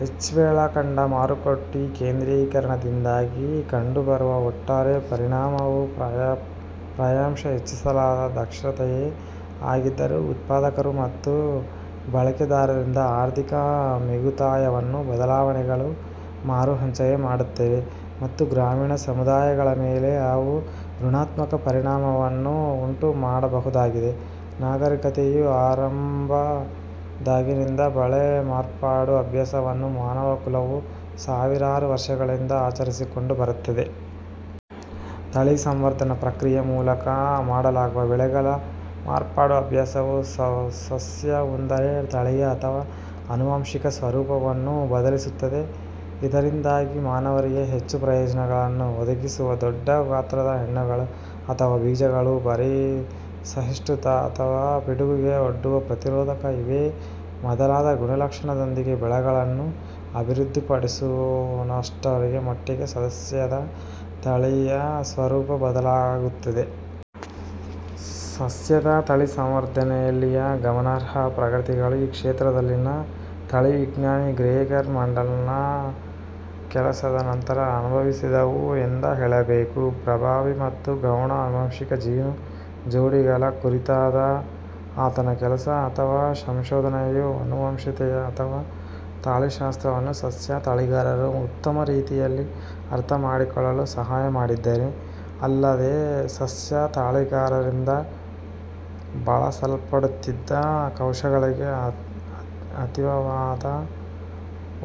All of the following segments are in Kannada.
ಹೆಚ್ಚಳ ಕಂಡ ಮಾರುಕಟ್ಟೆ ಕೇಂದ್ರೀಕರಣದಿಂದಾಗಿ ಕಂಡುಬರುವ ಒಟ್ಟಾರೆ ಪರಿಣಾಮವು ಪ್ರಾಯಶಃ ಹೆಚ್ಚಿಸಲಾದ ದಕ್ಷತೆಯೇ ಆಗಿದ್ದರೂ, ಉತ್ಪಾದಕರು ಮತ್ತು ಬಳಕೆದಾರರಿಂದ ಆರ್ಥಿಕ ಮಿಗುತಾಯವನ್ನು ಬದಲಾವಣೆಗಳು ಮರುಹಂಚಿಕೆ ಮಾಡುತ್ತವೆ, ಮತ್ತು ಗ್ರಾಮೀಣ ಸಮುದಾಯಗಳ ಮೇಲೆ ಅವು ಋಣಾತ್ಮಕ ಪರಿಣಾಮವನ್ನು ಉಂಟುಮಾಡಬಹುದಾಗಿದೆ. ನಾಗರಿಕತೆಯು ಆರಂಭವಾದಾಗಿನಿಂದ, ಬೆಳೆ ಮಾರ್ಪಾಡು ಅಭ್ಯಾಸವನ್ನು ಮಾನವಕುಲವು ಸಾವಿರಾರು ವರ್ಷಗಳಿಂದಲೂ ಆಚರಿಸಿಕೊಂಡು ಬರುತ್ತಿದೆ. ತಳಿ ಸಂವರ್ಧನೆ ಪ್ರಕ್ರಿಯೆಯ ಮೂಲಕ ಮಾಡಲಾಗುವ ಬೆಳೆಗಳ ಮಾರ್ಪಾಡು ಅಭ್ಯಾಸವು ಸಸ್ಯವೊಂದರ ತಳೀಯ ಅಥವಾ ಆನುವಂಶಿಕ ಸ್ವರೂಪವನ್ನು ಬದಲಿಸುತ್ತದೆ. ಇದರಿಂದಾಗಿ ಮಾನವರಿಗೆ ಹೆಚ್ಚು ಪ್ರಯೋಜನಗಳನ್ನು ಒದಗಿಸುವ ದೊಡ್ಡ ಗಾತ್ರದ ಹಣ್ಣುಗಳು ಅಥವಾ ಬೀಜಗಳು, ಬರ -ಸಹಿಷ್ಣುತೆ, ಅಥವಾ ಪಿಡುಗಿಗೆ ಒಡ್ಡುವ ಪ್ರತಿರೋಧಕತೆ ಇವೇ ಮೊದಲಾದ ಗುಣಲಕ್ಷಣಗಳೊಂದಿಗೆ ಬೆಳೆಗಳನ್ನು ಅಭಿವೃದ್ಧಿಪಡಿಸುವಷ್ಟರ ಮಟ್ಟಿಗೆ ಸಸ್ಯದ ತಳೀಯ ಸ್ವರೂಪ ಬದಲಾಗುತ್ತದೆ. ಸಸ್ಯದ ತಳಿಸಂವರ್ಧನೆಯಲ್ಲಿನ ಗಮನಾರ್ಹ ಪ್ರಗತಿಗಳು ಈ ಕ್ಷೇತ್ರದಲ್ಲಿನ ತಳಿವಿಜ್ಞಾನಿ ಗ್ರೆಗರ್ ಮೆಂಡೆಲ್ನ ಕೆಲಸದ ನಂತರ ಸಂಭವಿಸಿದವು ಎಂದೇ ಹೇಳಬೇಕು. ಪ್ರಭಾವಿ ಮತ್ತು ಗೌಣ ಆನುವಂಶಿಕ ಜೀನು ಜೋಡಿಗಳ ಕುರಿತಾದ ಆತನ ಕೆಲಸ ಅಥವಾ ಸಂಶೋಧನೆಯು ಅನುವಂಶೀಯತೆ ಅಥವಾ ತಳಿಶಾಸ್ತ್ರವನ್ನು ಸಸ್ಯ ತಳಿಗಾರರು ಉತ್ತಮ ರೀತಿಯಲ್ಲಿ ಅರ್ಥಮಾಡಿಕೊಳ್ಳಲು ಸಹಾಯಮಾಡಿದ್ದೇ ಅಲ್ಲದೆ, ಸಸ್ಯ ತಳಿಗಾರರಿಂದ ಬಳಸಲ್ಪಡುತ್ತಿದ್ದ ಕೌಶಲಗಳಿಗೆ ಅತೀವವಾದ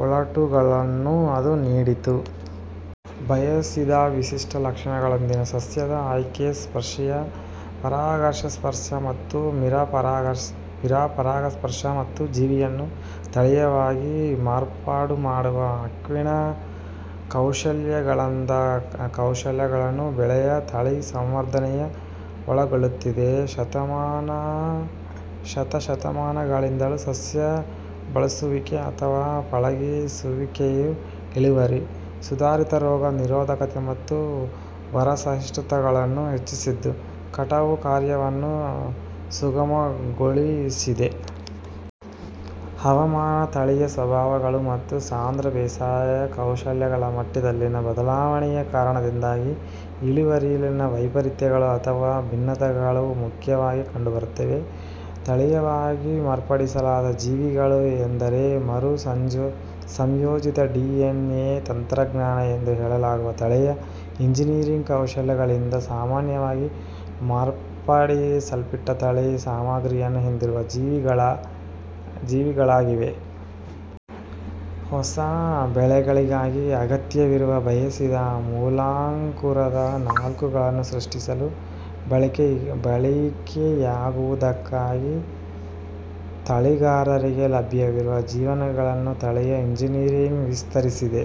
ಒಳನೋಟಗಳನ್ನು ಅದು ನೀಡಿತು. ಬಯಸಿದ ವಿಶಿಷ್ಟ ಲಕ್ಷಣಗಳೊಂದಿಗಿನ ಸಸ್ಯದ ಆಯ್ಕೆ, ಸ್ವಕೀಯ-ಪರಾಗಸ್ಪರ್ಶ ಮತ್ತು ಮಿಶ್ರ-ಪರಾಗಸ್ಪರ್ಶ, ಮತ್ತು ಜೀವಿಯನ್ನು ತಳೀಯವಾಗಿ ಮಾರ್ಪಾಡುಮಾಡುವ ಆಣ್ವಿಕ ಕೌಶಲಗಳಂಥ ಕೌಶಲಗಳನ್ನು ಬೆಳೆಯ ತಳಿಸಂವರ್ಧನೆಯು ಒಳಗೊಳ್ಳುತ್ತದೆ. ಶತಶತಮಾನಗಳಿಂದಲೂ ಸಸ್ಯಗಳ ಬೆಳೆಸುವಿಕೆ ಅಥವಾ ಪಳಗಿಸುವಿಕೆಯು ಇಳುವರಿ, ಸುಧಾರಿತ ರೋಗ ನಿರೋಧಕತೆ ಮತ್ತು ಬರ-ಸಹಿಷ್ಣುತೆಗಳನ್ನು ಹೆಚ್ಚಿಸಿದ್ದು, ಕಟಾವು ಕಾರ್ಯವನ್ನು ಸುಗಮಗೊಳಿಸಿದೆ. ಹವಾಮಾನ, ತಳೀಯ ಸ್ವಭಾವಗಳು, ಮತ್ತು ಸಾಂದ್ರ ಬೇಸಾಯ ಕೌಶಲಗಳ ಮಟ್ಟದಲ್ಲಿನ ಬದಲಾವಣೆಯ ಕಾರಣದಿಂದಾಗಿ ಇಳುವರಿಯಲ್ಲಿನ ವೈಪರೀತ್ಯಗಳು ಅಥವಾ ಭಿನ್ನತೆಗಳು ಮುಖ್ಯವಾಗಿ ಕಂಡುಬರುತ್ತವೆ. ತಳೀಯವಾಗಿ ಮಾರ್ಪಡಿಸಲಾದ ಜೀವಿಗಳು ಎಂದರೆ ಮರು-ಸಂಯೋಜಿತ ಡಿಎನ್ಎ ತಂತ್ರಜ್ಞಾನ ಎಂದು ಹೇಳಲಾಗುವ ತಳೀಯ ಎಂಜಿನಿಯರಿಂಗ್ ಕೌಶಲಗಳಿಂದ ಸಾಮಾನ್ಯವಾಗಿ ಮಾರ್ಪಡಿಸಲ್ಪಟ್ಟ ತಳಿ ಸಾಮಗ್ರಿಯನ್ನು ಹೊಂದಿರುವ ಜೀವಿ ಗಳಾಗಿವೆ. ಹೊಸ ಬೆಳೆಗಳಿಗಾಗಿ ಅಗತ್ಯವಿರುವ, ಬಯಸಿದ ಮೂಲಾಂಕುರದ ಸಾಲುಗಳನ್ನು ಸೃಷ್ಟಿಸಲು ಬಳಕೆಯಾಗುವುದಕ್ಕಾಗಿ ತಳಿಗಾರರಿಗೆ ಲಭ್ಯವಿರುವ ಜೀನ್ಗಳನ್ನು ತಳೀಯ ಎಂಜಿನಿಯರಿಂಗ್ ವಿಸ್ತರಿಸಿದೆ.